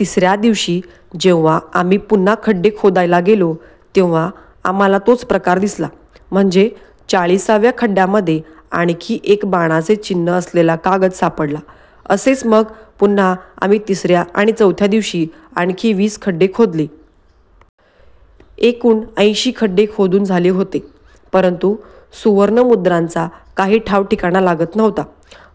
तिसऱ्या दिवशी जेव्हा आम्ही पुन्हा खड्डे खोदायला गेलो, तेव्हा आम्हाला तोच प्रकार दिसला. म्हणजे चाळीसाव्या खड्ड्यामध्ये आणखी एक बाणाचे चिन्ह असलेला कागद सापडला. असेच मग पुन्हा आम्ही तिसऱ्या आणि चौथ्या दिवशी आणखी वीस खड्डे खोदले. एकूण ऐंशी खड्डे खोदून झाले होते. परंतु सुवर्णमुद्रांचा काही ठावठिकाणा लागत नव्हता.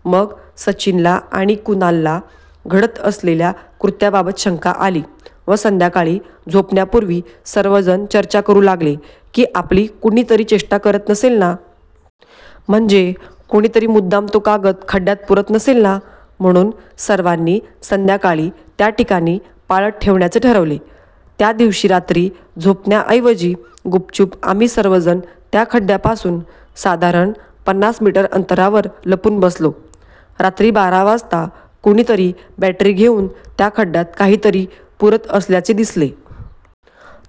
मग सचिनला आणि कुणालला घडत असलेल्या कृत्याबाबत शंका आली व संध्याकाळी झोपण्यापूर्वी सर्वजण चर्चा करू लागले की आपली कुणीतरी चेष्टा करत नसेल ना? म्हणजे कोणीतरी मुद्दाम तो कागद खड्ड्यात पुरत नसेल ना? म्हणून सर्वांनी संध्याकाळी त्याठिकाणी पाळत ठेवण्याचे ठरवले. त्यादिवशी रात्री झोपण्याऐवजी गुपचूप आम्ही सर्वजण त्या खड्ड्यापासून साधारण पन्नास मीटर अंतरावर लपून बसलो. रात्री बारा वाजता कुणीतरी बॅटरी घेऊन त्या खड्ड्यात काहीतरी पुरत असल्याचे दिसले.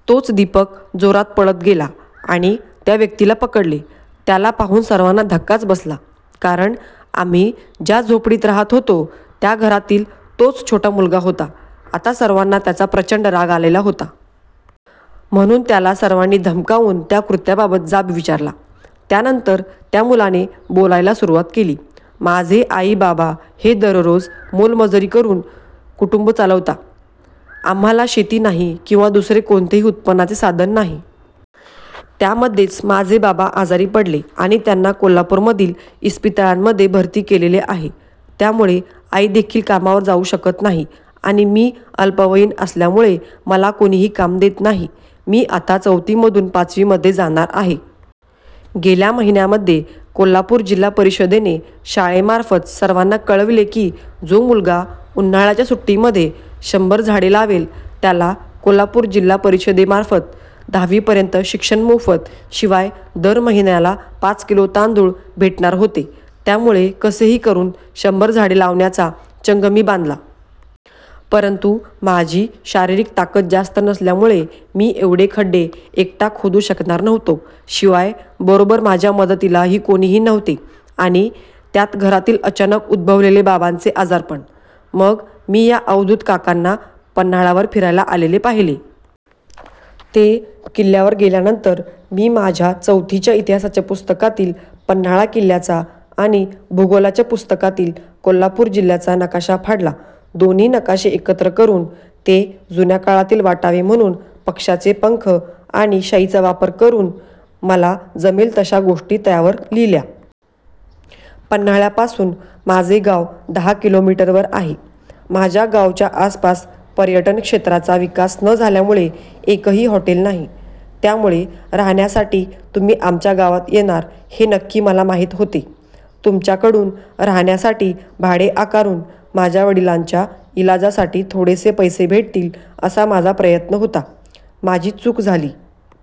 तोच दीपक जोरात पळत गेला आणि त्या व्यक्तीला पकडले. त्याला पाहून सर्वांना धक्काच बसला, कारण आम्ही ज्या झोपडीत राहत होतो, त्या घरातील तोच छोटा मुलगा होता. आता सर्वांना त्याचा प्रचंड राग आलेला होता. म्हणून त्याला सर्वांनी धमकावून या कृत्याबाबत जाब विचारला. त्यानंतर त्या मुलाने बोलायला सुरुवात केली. माझे आई बाबा हे दररोज मोलमजुरी करून करून कुटुंब चालवता. आम्हाला शेती नाही किंवा दुसरे कोणतेही उत्पन्नाचे साधन नाही. त्यामध्येच माझे बाबा आजारी पडले आणि त्यांना कोल्हापूरमधील मधील इस्पितळांमध्ये भरती केलेले आहे. त्यामुळे आईदेखील कामावर जाऊ शकत नाही आणि मी अल्पवयीन असल्यामुळे मला कोणीही काम देत नाही. मी आता चौथीमधून पाचवीमध्ये जाणार आहे. गेल्या महिन्यामध्ये कोल्हापूर जिल्हा परिषदेने शाळेमार्फत सर्वांना कळविले की, जो मुलगा उन्हाळ्याच्या सुट्टीमध्ये शंभर झाडे लावेल, त्याला कोल्हापूर जिल्हा परिषदेतर्फे दहावीपर्यंत शिक्षण मोफत, शिवाय दर महिन्याला पाच किलो तांदूळ भेटणार होते. त्यामुळे कसेही करून शंभर झाडे लावण्याचा चंग मी बांधला. परंतु माझी शारीरिक ताकत जास्त नसल्यामुळे मी एवढे खड्डे एकटा खोदू शकणार नव्हतो. शिवाय बरोबर माझ्या मदतीला ही कोणीही नव्हते आणि त्यात घरातील अचानक उद्भवलेले बाबांचे आजारपण. मग मी, या अवधूत काकांना पन्हाळ्यावर फिरायला आलेले पाहिले. ते किल्ल्यावर गेल्यानंतर, मी माझ्या चौथीच्या इतिहासाच्या पुस्तकातील पन्हाळा किल्ल्याचा आणि भूगोलाच्या पुस्तकातील कोल्हापूर जिल्ह्याचा नकाशा फाडला. दोन्ही नकाशे एकत्र करून, ते जुन्या काळातील वाटावे म्हणून पक्षाचे पंख आणि शाईचा वापर करून वापर करून मला जमेल तशा गोष्टी त्यावर लिहिल्या. पन्हाळ्यापासून माझे गाव दहा किलोमीटरवर आहे. माझ्या गावच्या आसपास पर्यटन क्षेत्राचा विकास न झाल्यामुळे एकही हॉटेल नाही. त्यामुळे राहण्यासाठी तुम्ही आमच्या गावात येणार हे नक्की मला माहीत होते. तुमच्याकडून राहण्यासाठी भाडे आकारून, माझ्या वडिलांच्या इलाजासाठी थोडेसे पैसे भेटतील असा माझा प्रयत्न होता. माझी चूक झाली.